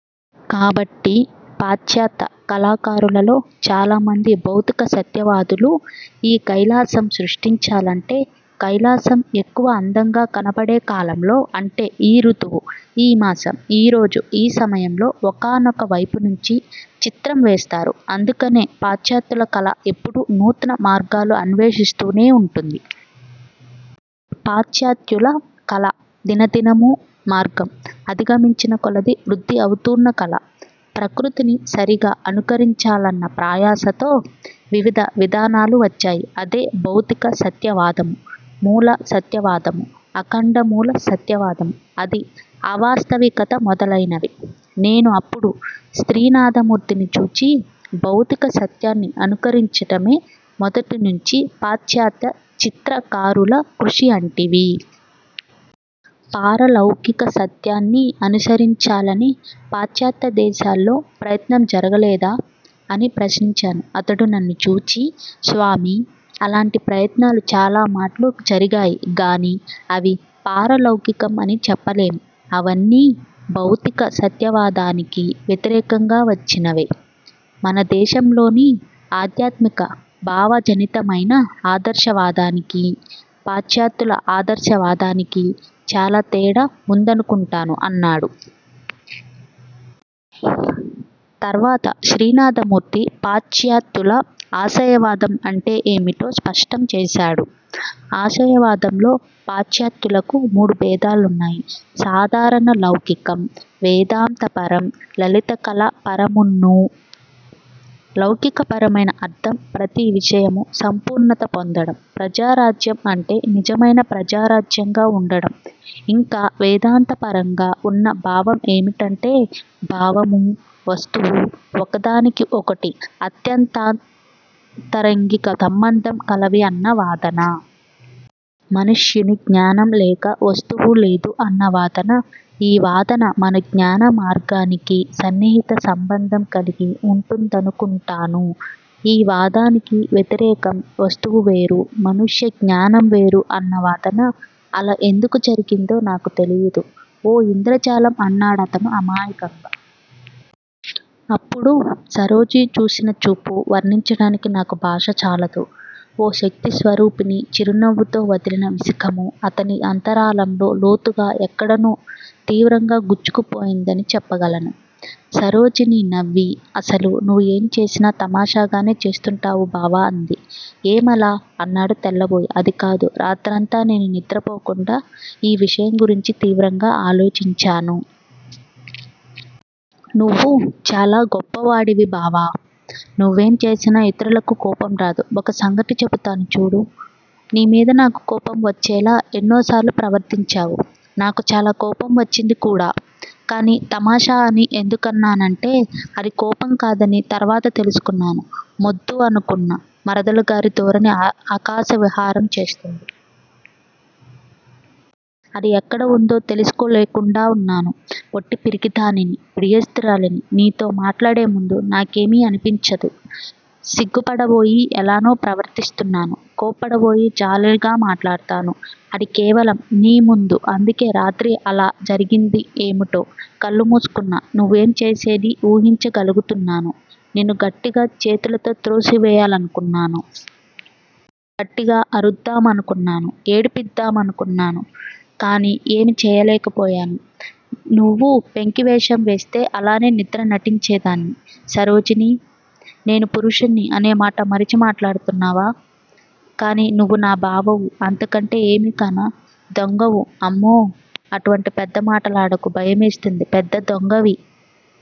కాబట్టి పాశ్చాత్య కళాకారులలో చాలామంది భౌతిక సత్యవాదులు. ఈ కైలాసం సృష్టించాలంటే, కైలాసం ఎక్కువ అందంగా కనబడేకాలంలో అంటే ఈ రుతువు, ఈ మాసం, ఈ రోజు ఈ సమయంలో ఒకానొక వైపునుంచి చిత్రం వేస్తారు. అందుకనే పాశ్చాత్యుల కళ ఎప్పుడూ నూత్న మార్గాలు అన్వేషిస్తూనే ఉంటుంది. పాశ్చాత్యుల కళ దినదినమూ, మార్గం అధిగమించిన కొలదీ, వృద్ది అవుతూన్న కళ. ప్రకృతిని సరిగా అనుకరించాలన్న ప్రయాసతో వివిధ విధానాలు వచ్చాయి. అదే భౌతిక సత్యవాదము. మూల సత్యవాదము, అఖండమూల సత్యవాదము, అతి ఆవాస్తవికతమొదలైనవి. నేను అప్పుడు శ్రీనాథమూర్తిని చూచి, '' భౌతికసత్యాన్ని అనుకరించడమే మొదటినుంచీ పాశ్చాత్య చిత్రకారుల కృషి అంటివి. పారలౌకిక సత్యాన్ని అనుసరించాలని పాశ్చాత్యాదేశాల్లో ప్రయత్నం జరగలేదా? ''అని ప్రశ్నించాను. అతడు నన్ను చూచి ''స్వామీ, అలాంటి ప్రయత్నాలు చాలా మాట్లు జరిగాయి. గాని అవి పారలౌకికం అని చెప్పలేము. అవన్నీ భౌతిక సత్యవాదానికి వ్యతిరేకంగా వచ్చినవే. మన దేశంలోని ఆధ్యాత్మిక భావజనితమైన ఆదర్శ వాదానికీ, పాశ్చాత్యుల ఆదర్శ వాదానికీ చాలా తేడా ఉందనుకుంటాను'' అన్నాడు. తర్వాత శ్రీనాథమూర్తి పాశ్చాత్యుల ఆశయవాదం అంటే ఏమిటో స్పష్టం చేశాడు. '' ఆశయవాదంలో పాశ్చాత్యులకు మూడు భేదాలున్నాయి సాదారణ లౌకికం, వేదాంతపరం, లలితకళా పరమున్నూ. లౌకికపరమైన అర్ధం ప్రతి విషయమూ సంపూర్ణత పొందడం, ప్రజారాజ్యం అంటే నిజమైన ప్రజారాజ్యంగా ఉండడం. ఇంక వేదాంతపరంగా ఉన్న భావం ఏమిటంటే, భావమూ, వస్తువూ ఒకదాని కొకటి అత్యంతాంతరింగిక సంబంధం కలవి అన్న వాదన. మనుష్యుని జ్ఞానం లేక వస్తువు లేదు అన్న వాదన. ఈ వాదన మన జ్ఞాన మార్గానికి సన్నిహిత సంబంధం కలిగి ఉంటుందనుకుంటాను. ఈ వాదానికి వ్యతిరేకం వస్తువు వేరు, మనుష్య జ్ఞానం వేరు అన్న వాదన. అలా ఎందుకు జరిగిందో నాకు తెలియదు. ఓ ఇంద్రజాలం అన్నాడతను అమాయకంగా. అప్పుడు సరోజిని చూసిన చూపు వర్ణించడానికి నాకు భాష చాలదు. ఓ శక్తిస్వరూపిణి చిరునవ్వుతో వదిలిన విశిఖము అతని అంతరాళంలో లోతుగా ఎక్కడనో తీవ్రంగా గుచ్చుకుపోయిందని చెప్పగలను. సరోజిని నవ్వి అసలు నువ్వు ఏంచేసినా తమాషాగానే చేస్తుంటావు బావా అంది. ఏమలా? అన్నాడు తెల్లబోయి. అదికాదు రాత్రంతా నేను నిద్రపోకుండా ఈ విషయంగురించి తీవ్రంగా ఆలోచించాను. నువ్వు చాలా గొప్పవాడివి బావా. నువ్వేం చేసినా ఇతరులకు కోపంరాదు. ఒక సంగతి చెబుతాను చూడు, నీమీద నాకు కోపం వచ్చేలా ఎన్నోసార్లు ప్రవర్తించావు. నాకు చాలా కోపంవచ్చింది కూడా. కానీ తమాషా అని ఎందుకన్నానంటే అది కోపంకాదని తరువాత తెలుసుకున్నాను. మొద్దు అనుకున్న మరదలుగారి ధోరణి ఆకాశవిహారం చేస్తోంది. అది ఎక్కడవుందో తెలుసుకోలేకుండా ఉన్నాను ఒట్టి పిరికిధానని బిడియస్తురాలిని. నీతో మాట్లాడేముందు నాకేమీ అనిపించదు. సిగ్గుపడబోయి, ఎలానో ప్రవర్తిస్తున్నాను. కోప్పడబోయి జాలిగా మాట్లాడతాను. అది కేవలం నీ ముందే అందుకే రాత్రి అలా జరిగింది. ఏమిటో? కళ్ళు మూసుకున్నా నువ్వేంచేసేదీ ఊహించ గలుగుతున్నాను. నిన్ను గట్టిగా చేతులతో త్రోసివేయాలనుకున్నాను. గట్టిగా అరుద్ద్డామనుకున్నాను. ఏడిపిద్దామనుకున్నాను. కానీ ఏమీ చేయలేకపోయాను. నువ్వు పెంకివేషం వేస్తే అలానే నిద్ర నటించేదాన్ని! సరోజినీ! నేను పురుషుడ్ని అనే మాట మరిచి మాట్లాడుతున్నావా? కానీ నువ్వు నా బావవు. అంతకంటే ఏమీ కానా. దొంగవు అమ్మో! అటువంటి పెద్దమాటలాడకు, భయమేస్తుంది. పెద్ద దొంగవి.